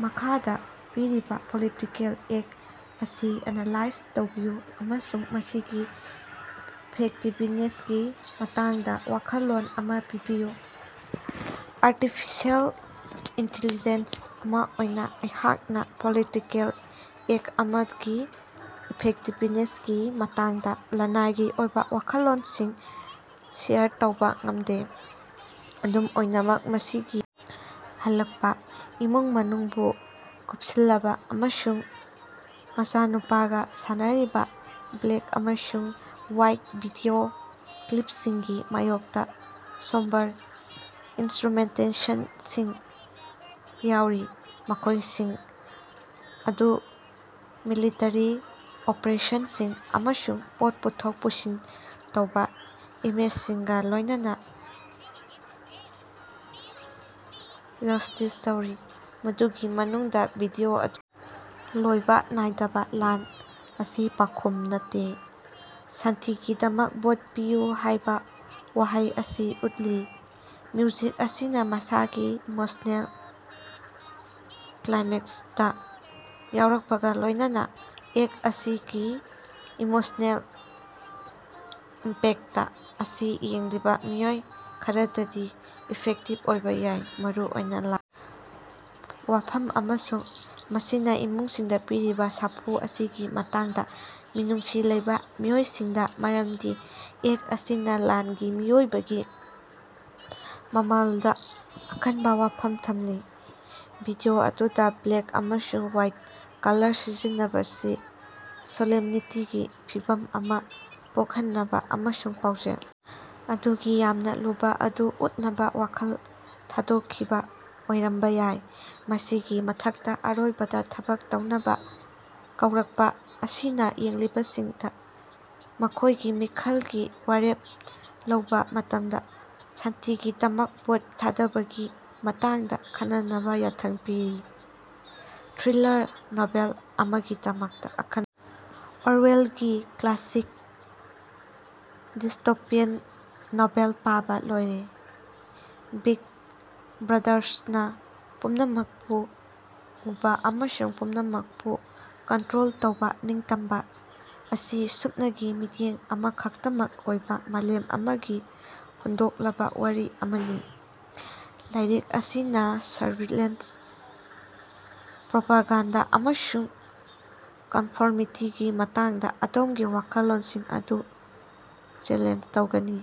ꯃꯈꯥꯗꯥ ꯄꯤꯔꯤꯕꯥ political ad ꯑꯁꯤ ꯑꯦꯅꯥꯂꯥꯏꯖ ꯇꯧꯕꯤꯌꯨ ꯑꯃꯁꯨꯡ ꯃꯁꯤꯒꯤ ꯏꯐꯦꯛꯇꯤꯕꯅꯦꯁꯀꯤ ꯃꯇꯥꯡꯗꯥ ꯋꯥꯈꯜꯂꯣꯟ ꯑꯃꯥ ꯄꯤꯕꯤꯌꯨ꯫ ꯑꯔꯇꯤꯐꯤꯁꯦꯜ ꯏꯟꯇꯤꯂꯤꯖꯦꯟꯁ ꯑꯃꯥ ꯑꯣꯏꯅꯥ ꯑꯩꯍꯥꯛꯅꯥ ꯄꯣꯂꯤꯇꯤꯀꯦꯜ ꯑꯦꯗ ꯑꯃꯒꯤ ꯏꯐꯦꯛꯇꯤꯕꯅꯦꯁꯀꯤ ꯃꯇꯥꯡꯗꯥ ꯂꯅꯥꯏꯒꯤ ꯑꯣꯏꯕꯥ ꯋꯥꯈꯜꯂꯣꯟꯁꯤꯡ ꯁꯦꯌꯔ ꯇꯧꯕꯥ ꯉꯝꯗꯦ꯫ ꯑꯗꯨꯝ ꯑꯣꯏꯅꯃꯛ ꯃꯁꯤꯒꯤ ꯍꯜꯂꯛꯄꯥ, ꯏꯃꯨꯡ ꯃꯅꯨꯡꯕꯨ ꯀꯨꯞꯁꯤꯜꯂꯕꯥ ꯑꯃꯁꯨꯡ ꯃꯆꯥꯅꯨꯄꯥꯒꯥ ꯁꯥꯟꯅꯔꯤꯕꯥ ꯕ꯭ꯂꯦꯛ ꯑꯃꯁꯨꯡ ꯍ꯭ꯋꯥꯏꯠ ꯚꯤꯗꯤꯑꯣ ꯀ꯭ꯂꯤꯞꯁꯤꯡꯒꯤ ꯃꯥꯌꯣꯛꯇꯥ ꯁꯣꯝꯕꯔ ꯏꯟꯁꯇ꯭ꯔꯨꯃꯦꯟꯇꯦꯁꯟꯁꯤꯡ ꯌꯥꯎꯔꯤ, ꯃꯈꯣꯏꯁꯤꯡ ꯑꯗꯨ ꯃꯤꯂꯤꯇꯔꯤ ꯑꯣꯄꯔꯦꯁꯟꯁꯤꯡ ꯑꯃꯁꯨꯡ ꯄꯣꯠ ꯄꯨꯊꯣꯛ ꯄꯨꯁꯤꯟ ꯇꯧꯕ ꯏꯃꯦꯖꯁꯤꯡꯒꯥ ꯂꯣꯏꯅꯅꯥ ꯖꯁꯇꯤꯏꯖ ꯇꯧꯔꯤ꯫ ꯃꯗꯨꯒꯤ ꯃꯅꯨꯡꯗꯥ ꯚꯤꯗꯤꯑꯣ ꯑꯗꯨꯗꯥ ꯂꯣꯏꯕꯥ ꯅꯥꯏꯗꯕꯥ ꯂꯥꯟ ꯑꯁꯤ ꯄꯥꯎꯈꯨꯝ ꯅꯠꯇꯦ꯫ ꯁꯥꯟꯇꯤꯒꯤꯗꯃꯛ ꯚꯣꯠ ꯄꯤꯌꯨ ꯍꯥꯌꯕꯥ ꯋꯥꯍꯩ ꯑꯁꯤ ꯎꯠꯂꯤ꯫ ꯃ꯭ꯌꯨꯖꯤꯛ ꯑꯁꯤꯅꯥ ꯃꯁꯥꯒꯤ ꯏꯃꯣꯁꯅꯦꯜ ꯀ꯭ꯂꯥꯏꯃꯦꯛꯁꯇꯥ ꯌꯧꯔꯛꯄꯒꯥ ꯂꯣꯏꯅꯅꯥ, ꯑꯦꯗ ꯑꯁꯤꯒꯤ ꯏꯃꯣꯁꯅꯦꯜ ꯏꯝꯄꯦꯛꯇ ꯑꯁꯤ ꯌꯦꯡꯂꯤꯕꯥ ꯃꯤꯑꯣꯏ ꯈꯔꯗꯗꯤ ꯏꯐꯦꯛꯇꯤꯕ ꯑꯣꯏꯕꯥ ꯌꯥꯏ, ꯃꯔꯨꯑꯣꯏꯅꯥ ꯂꯥꯟꯒꯤ ꯋꯥꯐꯝ ꯑꯃꯁꯨꯡ ꯃꯁꯤꯅꯥ ꯏꯃꯨꯡꯁꯤꯡꯗꯥ ꯄꯤꯔꯤꯕꯥ ꯁꯥꯐꯨ ꯑꯁꯤꯒꯤ ꯃꯇꯥꯡꯗꯥ ꯃꯤꯅꯨꯡꯁꯤ ꯂꯩꯕꯥ ꯃꯤꯑꯣꯏꯁꯤꯡꯗꯥ, ꯃꯔꯝꯗꯤ ꯑꯦꯗ ꯑꯁꯤꯅꯥ ꯂꯥꯟꯒꯤ ꯃꯤꯑꯣꯏꯕꯒꯤ ꯃꯃꯜꯗꯥ ꯑꯀꯟꯕꯥ ꯋꯥꯐꯝ ꯊꯝꯂꯤ꯫ ꯚꯤꯗꯤꯑꯣ ꯑꯗꯨꯗꯥ ꯕ꯭ꯂꯦꯛ ꯑꯃꯁꯨꯡ ꯍ꯭ꯋꯥꯏꯠ ꯀꯂꯔ ꯁꯤꯖꯤꯟꯅꯕꯁꯤ ꯁꯣꯂꯦꯝꯅꯤꯇꯤꯒꯤ ꯐꯤꯚꯝ ꯑꯃꯥ ꯄꯣꯛꯍꯟꯅꯕꯥ ꯑꯃꯁꯨꯡ ꯄꯥꯎꯖꯦꯜ ꯑꯗꯨꯒꯤ ꯌꯥꯝꯅꯥ ꯂꯨꯕꯥ ꯑꯗꯨ ꯎꯠꯅꯕꯥ ꯋꯥꯈꯜ ꯊꯥꯗꯣꯛꯈꯤꯕꯥ ꯑꯣꯏꯔꯝꯕꯥ ꯌꯥꯏ꯫ ꯃꯁꯤꯒꯤ ꯃꯊꯛꯇꯥ, ꯑꯔꯣꯏꯕꯗꯥ ꯊꯕꯛ ꯇꯧꯅꯕꯥ ꯀꯧꯔꯛꯄꯥ ꯑꯁꯤꯅꯥ ꯌꯦꯡꯂꯤꯕꯁꯤꯡꯗꯥ ꯃꯈꯣꯏꯒꯤ ꯃꯤꯈꯜꯒꯤ ꯋꯥꯔꯦꯞ ꯂꯧꯕꯥ ꯃꯇꯝꯗꯥ ꯁꯥꯟꯇꯤꯒꯤꯗꯃꯛ ꯚꯣꯠ ꯊꯥꯗꯕꯒꯤ ꯃꯇꯥꯡꯗꯥ ꯈꯟꯅꯅꯕꯥ ꯌꯥꯊꯪ ꯄꯤꯔꯤ꯫ ꯊ꯭ꯔꯤꯂꯥꯔ ꯅꯣꯚꯦꯜ ꯑꯃꯒꯤꯗꯃꯛ ꯑꯈꯟꯅꯕꯥ ꯑꯣꯔꯋꯦꯜꯒꯤ ꯀ꯭ꯂꯥꯁꯤꯛ ꯗꯤꯁꯇꯣꯄꯤꯌꯥꯟ ꯅꯣꯚꯦꯜ, ꯄꯥꯕꯥ ꯂꯣꯏꯔꯦ, ꯕꯤꯛ ꯕ꯭ꯔꯥꯗꯥꯔꯁꯅꯥ ꯄꯨꯝꯅꯃꯛꯄꯨ ꯎꯕꯥ ꯑꯃꯁꯨꯡ ꯄꯨꯝꯅꯃꯛꯄꯨ ꯀꯟꯇ꯭ꯔꯣꯜ ꯇꯧꯕꯥ, ꯅꯤꯡꯇꯝꯕꯥ ꯑꯁꯤ ꯁꯨꯞꯅꯒꯤ ꯃꯤꯠꯌꯦꯡ ꯑꯃꯈꯛꯇꯃꯛ ꯑꯣꯏꯕꯥ ꯃꯥꯂꯦꯝ ꯑꯃꯒꯤ ꯍꯨꯟꯗꯣꯛꯂꯕꯥ ꯋꯥꯔꯤ ꯑꯃꯅꯤ꯫ ꯂꯥꯏꯔꯤꯛ ꯑꯁꯤꯅꯥ ꯁꯔꯚꯤꯂꯦꯟꯁ, ꯄ꯭ꯔꯣꯄꯥꯒꯥꯟꯗꯥ ꯑꯃꯁꯨꯡ ꯀꯟꯐꯣꯔꯃꯤꯇꯤꯒꯤ ꯃꯇꯥꯡꯗꯥ ꯑꯗꯣꯝꯒꯤ ꯋꯥꯈꯜꯂꯧꯁꯤꯡ ꯑꯗꯨ ꯆꯦꯂꯦꯟꯖ ꯇꯧꯒꯅꯤ꯫